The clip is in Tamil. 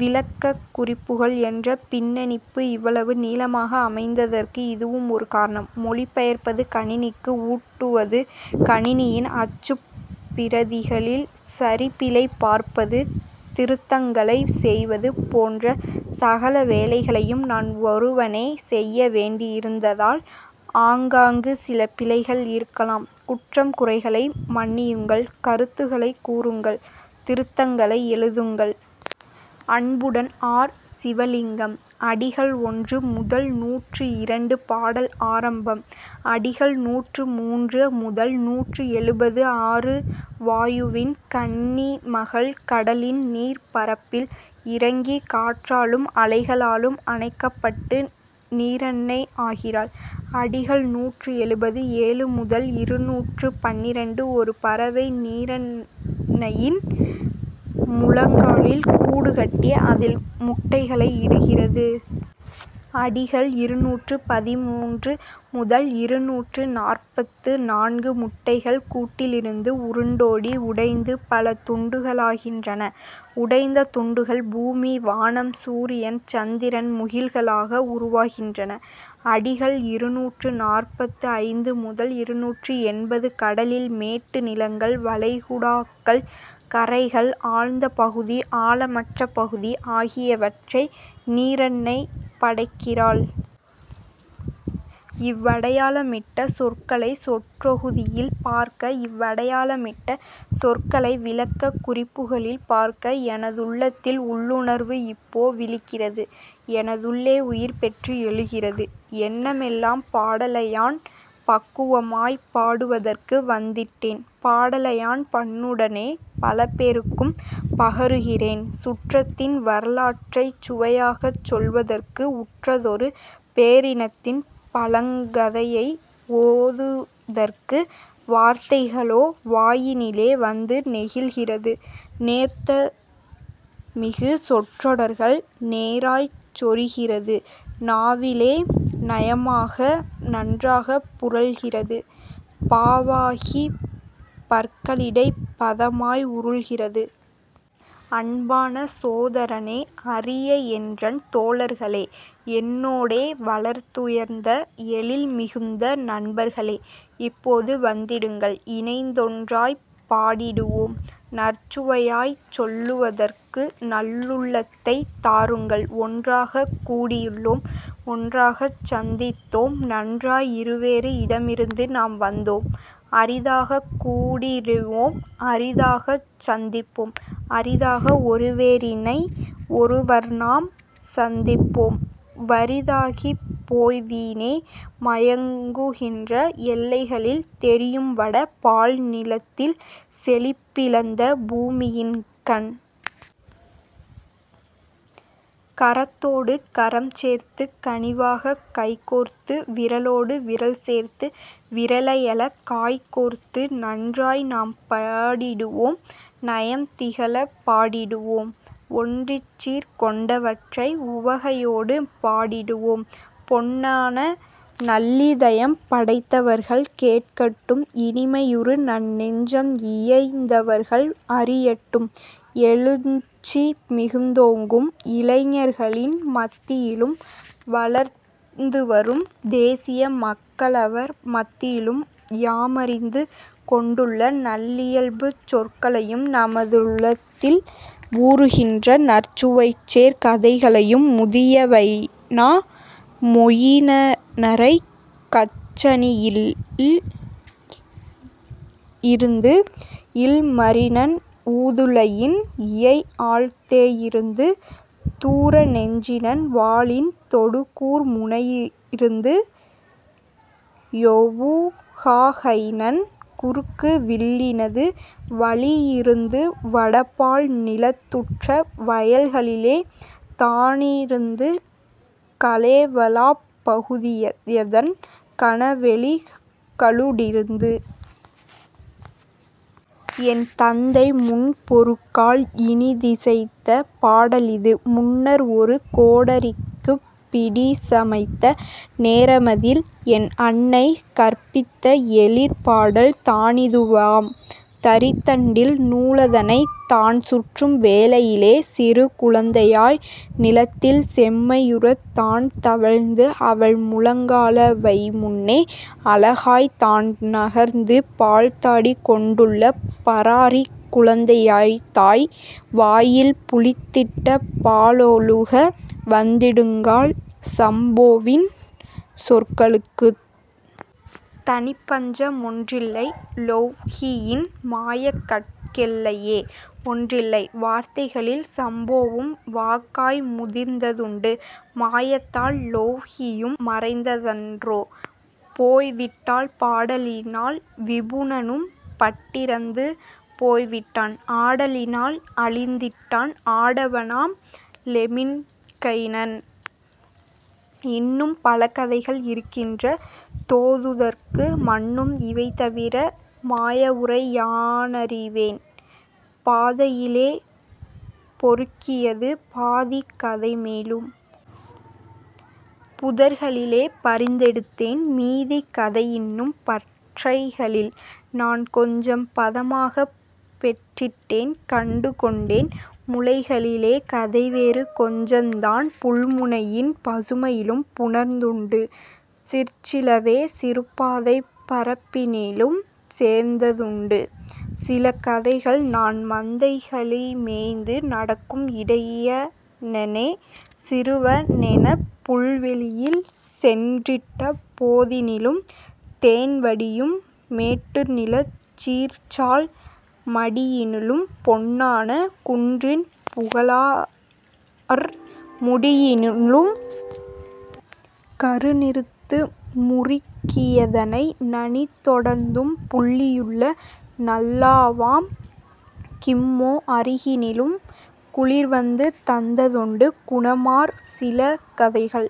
விளக்கக் குறிப்புகள் என்ற பின்னிணைப்பு இவ்வளவு நீளமாக அமைந்ததற்கு இதுவும் ஒரு காரணம். மொழிபெயர்ப்பது கணினிக்கு ஊட்டுவது கணினியின் அச்சுப் பிரதிகளில் சரிபிழை பார்ப்பது திருத்தங்களை செய்வது போன்ற சகல வேலைகளையும் நான் ஒருவனே செய்ய வேண்டியிருந்ததால் ஆங்காங்கு சில பிழைகள் இருக்கலாம். குற்றம் குறைகளை மன்னியுங்கள் கருத்துகளைக் கூறுங்கள் திருத்தங்களை எழுதுங்கள். அன்புடன் ஆர். சிவலிங்கம் அடிகள் ஒன்று முதல் நூற்று இரண்டு பாடல் ஆரம்பம். அடிகள் நூற்று மூன்று முதல் நூற்று எழுபது ஆறு வாயுவின் கன்னிமகள் கடலின் நீர்ப் பரப்பில் இறங்கி காற்றாலும் அலைகளாலும் அணைக்கப்பட்டு நீரன்னை ஆகிறாள். அடிகள் நூற்று எழுபது ஏழு முதல் இருநூற்று பன்னிரண்டு ஒரு பறவை நீரன்னையின் முழங்காலில் கூடு கட்டி அதில் முட்டைகளை இடுகிறது. அடிகள் இருநூற்று பதிமூன்று முதல் இருநூற்று நாற்பத்து நான்கு முட்டைகள் கூட்டிலிருந்து உருண்டோடி உடைந்து பல துண்டுகளாகின்றன உடைந்த துண்டுகள் பூமி வானம் சூரியன் சந்திரன் முகில்களாக உருவாகின்றன. அடிகள் இருநூற்று நாற்பத்து ஐந்து முதல் இருநூற்று எண்பது கடலில் மேட்டு நிலங்கள் வளைகுடாக்கள் கரைகள் ஆழ்ந்த பகுதி ஆழமற்ற பகுதி ஆகியவற்றை நீரன்னை படைக்கிறாள். இவ்வடையாளமிட்ட சொற்களை சொற்றொகுதியில் பார்க்க இவ்வடையாளமிட்ட சொற்களை விளக்கக் குறிப்புகளில் பார்க்க எனதுள்ளத்தில் உள்ளுணர்வு இப்போ விழிக்கிறது எனதுள்ளே உயிர்பெற்று எழுகிறது எண்ணமெல்லாம் பாடலையான் பக்குவமாய்ப் பாடுவதற்கு வந்திட்டேன் பாடலையான் பண்ணுடனே பலபேர்க்கும் பகருகிறேன் சுற்றத்தின் வரலாற்றைச் சுவையாகச் சொல்வதற்கு உற்றதொரு பேரினத்தின் பழங்கதையை ஓதுதற்கு வார்த்தைகளோ வாயினிலே வந்து நெகிழ்கிறது நேர்த்திமிகு சொற்றொடர்கள் நேராய்ச் சொரிகிறது நாவிலே நயமாக நன்றாகப் புரள்கிறது பாவாகிப் பற்களிடைப் பதமாய் உருள்கிறது. அன்பான சோதரனே அரியஎன்றன் தோழர்களே என்னோடே வளர்துயர்ந்த எழில்மிகுந்த நண்பர்களே இப்போது வந்திடுங்கள் இணைந்தொன்றாயப் பாடிடுவோம் நற்சுவையாய்ச் சொல்லுதற்கு நல்லுள்ளத்தைத் தாருங்கள் ஒன்றாகக் கூடியுள்ளோம் ஒன்றாகச் சந்தித்தோம் நன்றாய் இருவேறு இடமிருந்து நாம் வந்தோம் அரிதாகக் கூடிடுவோம் அரிதாகச் சந்திப்போம் அரிதாக ஒருவரினை ஒருவர்நாம் சந்திப்போம் வறிதாகிப் போய்வீணே மயங்குகின்ற எல்லைகளில் தெரியும்வட பால்நிலத்தில் செழிப்பிழந்த பூமியின்கண். கரத்தோடு கரம்சேர்த்துக் கனிவாகக் கைகோர்த்து விரலோடு விரல்சேர்த்து விரலையழ காய்க்கோர்த்து நன்றாய்நாம் பாடிடுவோம் நயம்திகழப் பாடிடுவோம் ஒன்றிச்சீர் கொண்டவற்றை உவகையோடு பாடிடுவோம் பொன்னான நல்லிதயம் படைத்தவர்கள் கேட்கட்டும் இனிமையுறு நன்நெஞ்சம் இயைந்தவர்கள் அறியட்டும் எழுச்சி மிகுந்தோங்கும் இளைஞர்களின் மத்தியிலும் வளர்ந்துவரும் தேசிய மக்களவர் மத்தியிலும் யாமறிந்து கொண்டுள்ள நல்லியல்புச் சொற்களையும் நமதுளத்தில் ஊறுகின்ற நற்சுவைசேர் கதைகளையும் முதியவைனா மொயினனரைக் கச்சணியில்ேயிருந்து இல்மரினன் ஊதுலையின் இயைஆழ்த்தேயிருந்து தூரநெஞ்சினன் வாளின் தொடுகூர் முனையிருந்து யொவுகாஹைநன் குறுக்கு வில்லினது வழியிருந்து வடபால் நிலத்துற்ற வயல்களிலே தானிருந்து கலேவலாப் பகுதியதன் கனவெளிகளுடிருந்து. என்தந்தை முன்பொருகால் இனிதிசைத்த பாடலிது முன்னர்ஒரு கோடரிக்குப் பிடிசமைத்த நேரமதில் என்அன்னை கற்பித்த எழிற்பாடல் தானிதுவாம் தறித்தண்டில் நூலதனைத் தான்சுற்றும் வேளையிலே சிறுகுழந்தையாய் நிலத்தில் செம்மையுறத் தான்தவழ்ந்து அவள்முழங்காலவைமுன்னே அழகாகத் தான்நகர்ந்து பால்தாடி கொண்டுள்ள பராரிக் குழந்தையதாய் வாயில் புளித்திட்ட பாலொழுக வந்திடுங்கால். சம்போவின் சொற்களுக்குத் தனிப்பஞ்ச மொன்றில்லை லொவ்ஹியின் மாயங்கட்கெல்லையே ஒன்றில்லை: வார்த்தைகளில் சம்போவும் வாகாய் முதிர்ந்ததுண்டு மாயத்தால் லொவ்ஹியும் மறைந்தன்றோ போய்விட்டாள் பாடலினால் விபுனனும் பட்டிறந்து போய்விட்டான் ஆடலினால் அழிந்திட்டான் ஆடவனாம் லெமின்கைனன் இன்னும் பலகதைகள் இருக்கின்ற தோதுதற்கு மன்னும் இவைதவிர மாயவுரை யானறிவேன் பாதையிலே பொறுக்கியது பாதிக் கதைமேலும் புதர்களிலே பறித்தெடுத்தேன் மீதிக் கதையின்னும் பற்றைகளில் நான்கொஞ்சம் பதமாகப் பெற்றிட்டேன் கண்டுகொண்டேன் முளைகளிலே கதைவேறு கொஞ்சந்தான் புல்முனையின் பசுமையிலும் புணர்ந்ததுண்டு சிற்சிலவே சிறுப்பாதைப் பரப்பினிலும் சேர்ந்ததுண்டு சிலகதைகள் நான்மந்தைகலைமேய்த்து நடக்கும் இடையனென சிறுவனெனப் புல்வெளியில் சென்றிட்ட போதினிலும் தேன்வடியும் மேட்டுநிலச் சீர்சால் மடியினிலும் பொன்னான குன்றின் புகழார் முடியினிலும் கருநிறத்து முரிக்கியதனை நனிதொடர்ந்தும் புள்ளியுள்ள நல்லாவாம் கிம்மோ அருகினிலும். குளிர்வந்து தந்ததுண்டு குணமார் சிலகதைகள்